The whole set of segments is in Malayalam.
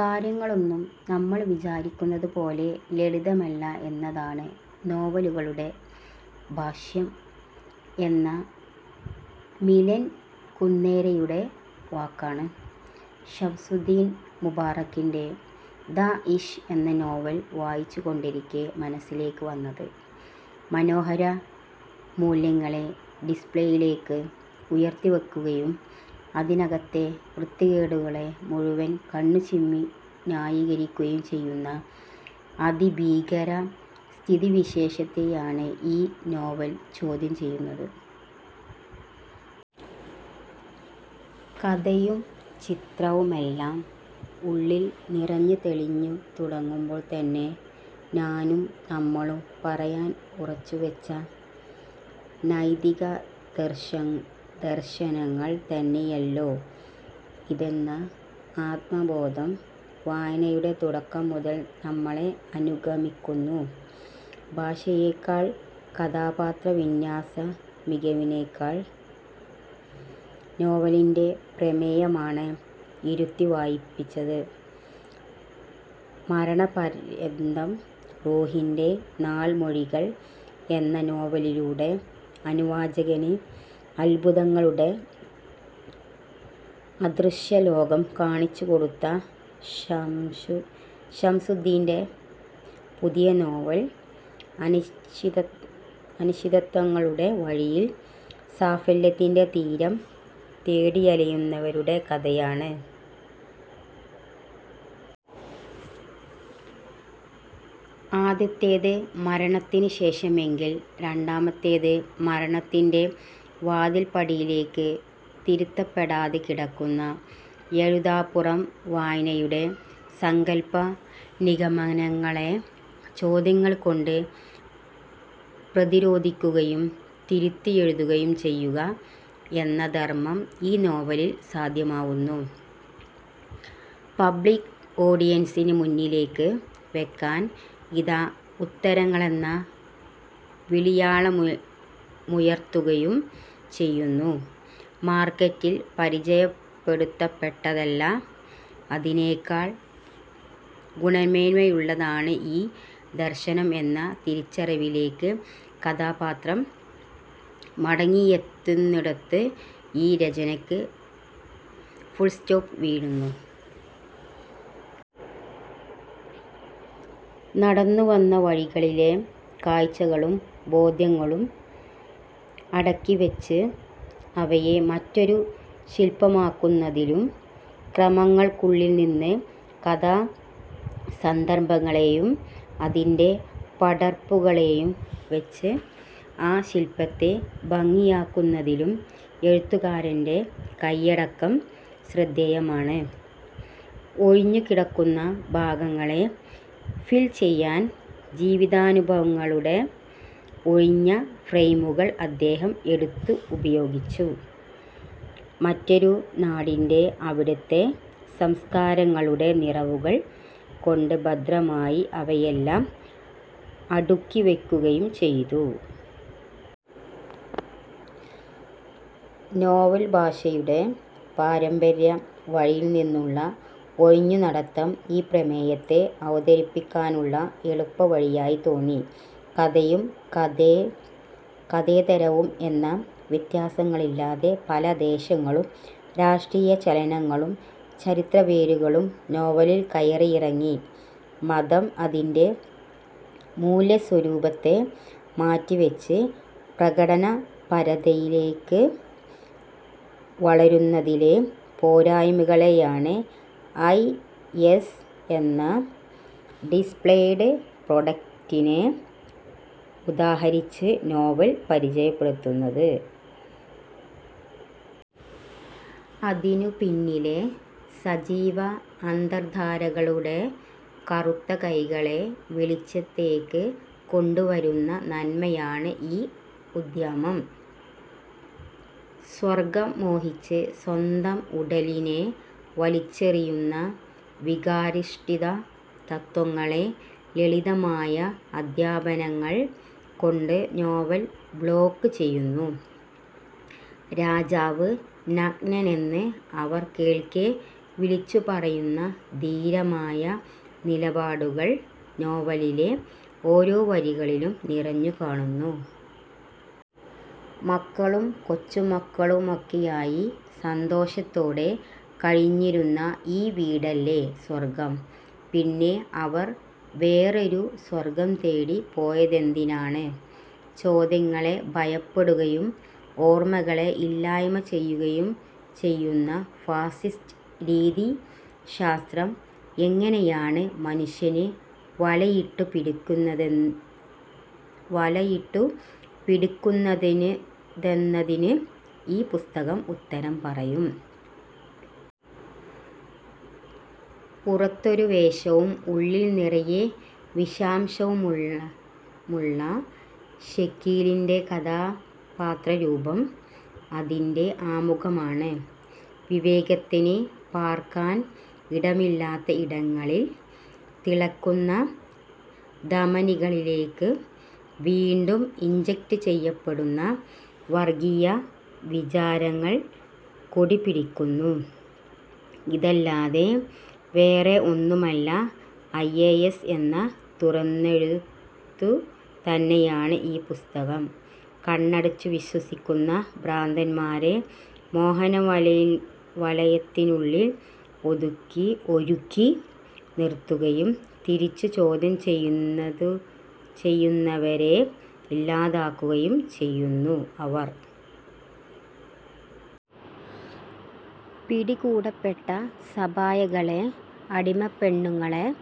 കാര്യങ്ങളൊന്നും നമ്മൾ വിചാരിക്കുന്നതുപോലെ ലളിതമല്ല എന്നതാണ് നോവലുകളുടെ ഭാഷ്യം എന്ന മിലൻ കുന്ദേരയുടെ വാക്കാണ് ശംസുദ്ദീൻ മുബാറക്കിന്റെ ' ദാഇശ് ' എന്ന നോവൽ വായിച്ചുകൊണ്ടിരിക്കേ മനസ്സിലേക്ക് വന്നത്. മനോഹര മൂല്യങ്ങളെ ഡിസ്പ്ലേയിലേക്ക് ഉയർത്തിവയ്ക്കുകയും, അതിനകത്തെ വൃത്തികേടുകളെ മുഴുവൻ കണ്ണുചിമ്മി ന്യായീകരിക്കുകയും ചെയ്യുന്ന അതിഭീകര സ്ഥിതിവിശേഷത്തെയാണ് ഈ നോവൽ ചോദ്യം ചെയ്യുന്നത്. കഥയും ചിത്രവുമെല്ലാം ഉള്ളിൽ നിറഞ്ഞ് തെളിഞ്ഞു തുടങ്ങുമ്പോൾതന്നെ ഞാനും നമ്മളും പറയാൻ ഉറച്ചുവച്ച നൈതിക ദർശനങ്ങൾ തന്നെയെല്ലോ ഇതെന്ന ആത്മബോധം വായനയുടെ തുടക്കം മുതൽ നമ്മെ അനുഗമിക്കുന്നു. ഭാഷയേക്കാൾ, കഥാപാത്ര വിന്യാസ മികവിനെക്കൾ നോവലിന്റെ പ്രമേയമാണ് ഇരുത്തി വായിപ്പിച്ചത്. ' മരണപര്യന്തം റൂഹിന്റെ നാൾമൊഴികൾ ' എന്ന നോവലിലൂടെ അനുവാചകന് അത്ഭുതങ്ങളുടെ അദൃശ്യ ലോകം കാണിച്ചുകൊടുത്ത ശംസുദ്ദീന്റെ പുതിയ നോവൽ അനിശ്ചിതത്വങ്ങളുടെ വഴിയിൽ സാഫല്യത്തിന്റെ തീരം തേടിയലയുന്നവരുടെ കഥയാണ്. ആദ്യത്തേത് മരണത്തിനു ശേഷമെങ്കിൽ, രണ്ടാമത്തേത് മരണത്തിന്റെ വാതിൽപ്പടിയിലേക്ക് തിരുത്തപ്പെടാതെ കിടക്കുന്ന എഴുതാപ്പുറം വായനയുടെ സങ്കൽപ്പ നിഗമനങ്ങളെ ചോദ്യങ്ങൾ കൊണ്ട് പ്രധിരോധിക്കുകയും തിരുത്തിയെഴുതുകയും ചെയ്യുക എന്ന ധർമ്മം ഈ നോവലിൽ സാധ്യമാവുന്നു. പബ്ലിക് ഓഡിയൻസിന് മുന്നിലേക്ക് വെക്കാൻ ഇതാ ഉത്തരങ്ങളെന്ന വിളിയാളമുയർത്തുകയും ചെയ്യുന്നു. മാർക്കറ്റിൽ പരിചയപ്പെടുത്തപ്പെട്ടതല്ല, അതിനേക്കാൾ ഗുണമേന്മയുള്ളതാണ് ഈ ദർശനം എന്ന തിരിച്ചറിവിലേക്ക് കഥാപാത്രം മടങ്ങിയെത്തുന്നിടത്ത് ഈ രചനയ്ക്ക് ഫുൾസ്റ്റോപ്പ് വീഴുന്നു. നടന്നുവന്ന വഴികളിലെ കാഴ്ചകളും ബോധ്യങ്ങളും അടുക്കിവച്ച് അവയെ മറ്റൊരു ശിൽപമാക്കുന്നതിലും, ക്രമങ്ങൾക്കുള്ളിൽനിന്ന് കഥാ സന്ദർഭങ്ങളെയും അതിന്റെ പടർപ്പുകളെയും വച്ച് ആ ശിൽപ്പത്തെ ഭംഗിയാക്കുന്നതിലും എഴുത്തുകാരന്റെ കയ്യടക്കം ശ്രദ്ധേയമാണ്. ഒഴിഞ്ഞുകിടക്കുന്ന ഭാഗങ്ങളെ ഫിൽ ചെയ്യാൻ ജീവിതാനുഭവങ്ങളുടെ ഒഴിഞ്ഞ ഫ്രെയിമുകൾ അദ്ദേഹം എടുത്തുപയോഗിച്ചു. മറ്റൊരു നാടിന്റെ, അവിടത്തെ സംസ്കാരങ്ങളുടെ നിറവുകൾ കൊണ്ട് ഭദ്രമായി അവയെല്ലാം അടുക്കിവയ്ക്കുകയും ചെയ്തു. നോവൽ ഭാഷയുടെ പാരമ്പര്യ വഴിയിൽനിന്നുള്ള ഒഴിഞ്ഞു നടത്തം ഈ പ്രമേയത്തെ അവതരിപ്പിക്കാനുള്ള എളുപ്പ വഴിയായി തോന്നി. കഥയും കഥേതരവും എന്ന വ്യത്യാസങ്ങളില്ലാതെ പല ദേശങ്ങളും രാഷ്ട്രീയ ചലനങ്ങളും ചരിത്ര വേരുകളും നോവലിൽ കയറിയിറങ്ങി. മതം, അതിന്റെ മൂല്യ സ്വരൂപത്തെ മാറ്റിവച്ച് പ്രകടനപരതയിലേക്ക് വളരുന്നതിലെ പോരായ്മകളെയാണ് ഐഎസ് എന്ന ഡിസ്പ്ലെഡ് പ്രൊഡക്ടിനെ ഉദാഹരിച്ച് നോവൽ പരിചയപ്പെടുത്തുന്നത്. അതിനു പിന്നിലെ സജീവ അന്തർധാരകളുടെ കറുത്ത കൈകളെ വെളിച്ചത്തേക്ക് കൊണ്ടുവരുന്ന നന്മയാണ് ഈ ഉദ്യമം. സ്വർഗം മോഹിച്ച് സ്വന്തം ഉടലിനെ വലിച്ചെറിയുന്ന വികാരാധിഷ്ഠിത തത്വത്തെ ലളിതമായ അധ്യാപനങ്ങൾ കൊണ്ട് നോവൽ ബ്ലോക്ക് ചെയ്യുന്നു. രാജാവ് നഗ്നനെന്ന് അവർ കേൾക്കെ വിളിച്ചു പറയുന്ന ധീരമായ നിലപാടുകൾ നോവലിലെ ഓരോ വരികളിലും നിറഞ്ഞു കാണുന്നു. '' മക്കളും കൊച്ചുമക്കളുമൊക്കെയായി സന്തോഷത്തോടെ കഴിഞ്ഞിരുന്ന ഈ വീടല്ലേ സ്വർഗം. പിന്നെ അവർ വേറൊരു സ്വർഗം തേടി പോയതെന്തിനാണ്? '' ചോദ്യങ്ങളെ ഭയപ്പെടുകയും, ഓർമ്മകളെ ഇല്ലായ്മ ചെയ്യുകയും ചെയ്യുന്ന ഫാസിസ്റ്റ് രീതിശാസ്ത്രം എങ്ങനെയാണ് മനുഷ്യനെ വലയിട്ടു പിടിക്കുന്നതെന്നതിന് ഈ പുസ്തകം ഉത്തരം പറയും. പുറത്തൊരു വേഷവും ഉള്ളിൽ നിറയെ വിഷാംശവുമുള്ള ഷക്കീലിന്റെ കഥാപാത്രരൂപം അതിന്റെ ആമുഖമാണ്. വിവേകത്തിന് പാർക്കാൻ ഇടമില്ലാത്ത ഇടങ്ങളിൽ, തിളയ്ക്കുന്ന ധമനികളിലേക്ക് വീണ്ടും ഇൻജെക്റ്റ് ചെയ്യപ്പടുന്ന വർഗീയ വിചാരങ്ങൾ കൊടിപിടിക്കുന്നു. ഇതല്ലാതെ വേറെ ഒന്നുമല്ല ഐഎസ് എന്ന തുറന്നെഴുതു തന്നെയാണ് ഈ പുസ്തകം. കണ്ണടച്ചു വിശ്വസിക്കുന്ന ഭ്രാന്തന്മാരെ മോഹന വലയത്തിനുള്ളിൽ ഒരുക്കി നിർത്തുകയും, തിരിച്ചു ചോദ്യം ചെയ്യുന്നവരെ ഇല്ലാതെയാക്കുകയും ചെയ്യുന്നു അവർ. പിടികൂടപ്പെട്ട സബായകളെ- അടിമപ്പെണ്ണുങ്ങളെ-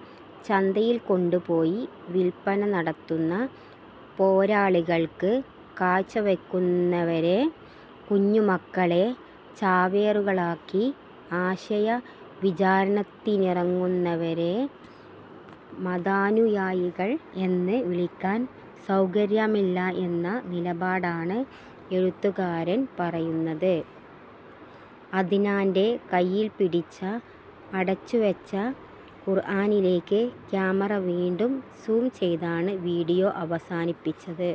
ചന്തയിൽ കൊണ്ടുപോയി വിൽപ്പന നടത്തുന്ന, പോരാളികൾക്ക് കാഴ്ചവയ്ക്കുന്നവരെ, കുഞ്ഞുമക്കളെ ചാവേറുകളാക്കി ആശയ പ്രചാരണത്തിനിറങ്ങുന്നവരെ മതാനുയായികൾ എന്ന് വിളിക്കാൻ സൗകര്യമില്ല എന്ന നിലപാടാണ് എഴുത്തുകാരൻ പറയുന്നത്. '' അദ്നാന്റെ കയ്യിൽ പിടിച്ച അടച്ചുവച്ച ഖുർആനിലേക്ക് ക്യാമറ വീണ്ടും സൂം ചെയ്താണ് വീഡിയോ അവസാനിപ്പിച്ചത്.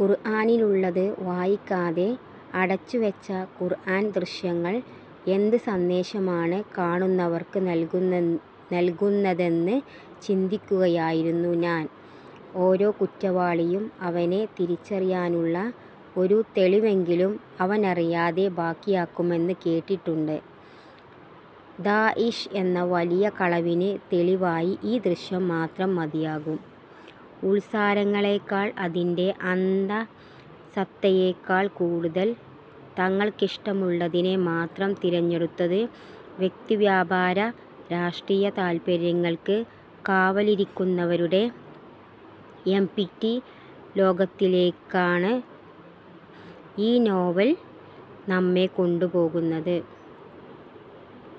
ഖുർആനിലുള്ളത് വായിക്കാതെ അടച്ചുവച്ച ഖുർആൻ ദൃശ്യങ്ങൾ എന്ത് സന്ദേശമാണ് കാണുന്നവർക്ക് നൽകുന്നതെന്ന് ചിന്തിക്കുകയായിരുന്നു ഞാൻ. ഓരോ കുറ്റവാളിയും അവനെ തിരിച്ചറിയാനുള്ള ഒരു തെളിവെങ്കിലും അവനറിയാതെ ബാക്കിയാക്കുമെന്ന് കേട്ടിട്ടുണ്ട്. ദാഇശ് എന്ന വലിയ കളവിന് തെളിവായി ഈ ദൃശ്യം മാത്രം മതിയാകും '' ഉൾസാരങ്ങളെക്കാൾ, അതിന്റെ അന്തസത്തയേക്കാൾ കൂടുതൽ, തങ്ങൾക്കിഷ്ടമുള്ളതിനെ മാത്രം തിരഞ്ഞെടുത്തത് വ്യക്തി വ്യാപാര രാഷ്ട്രീയ താല്പര്യൾക്ക് കാവലിരിക്കുന്നവരുടെ എംപ്റ്റി ലോകത്തിലേക്കാണ് ഈ നോവൽ നമ്മെ കൊണ്ടുപോകുന്നത്.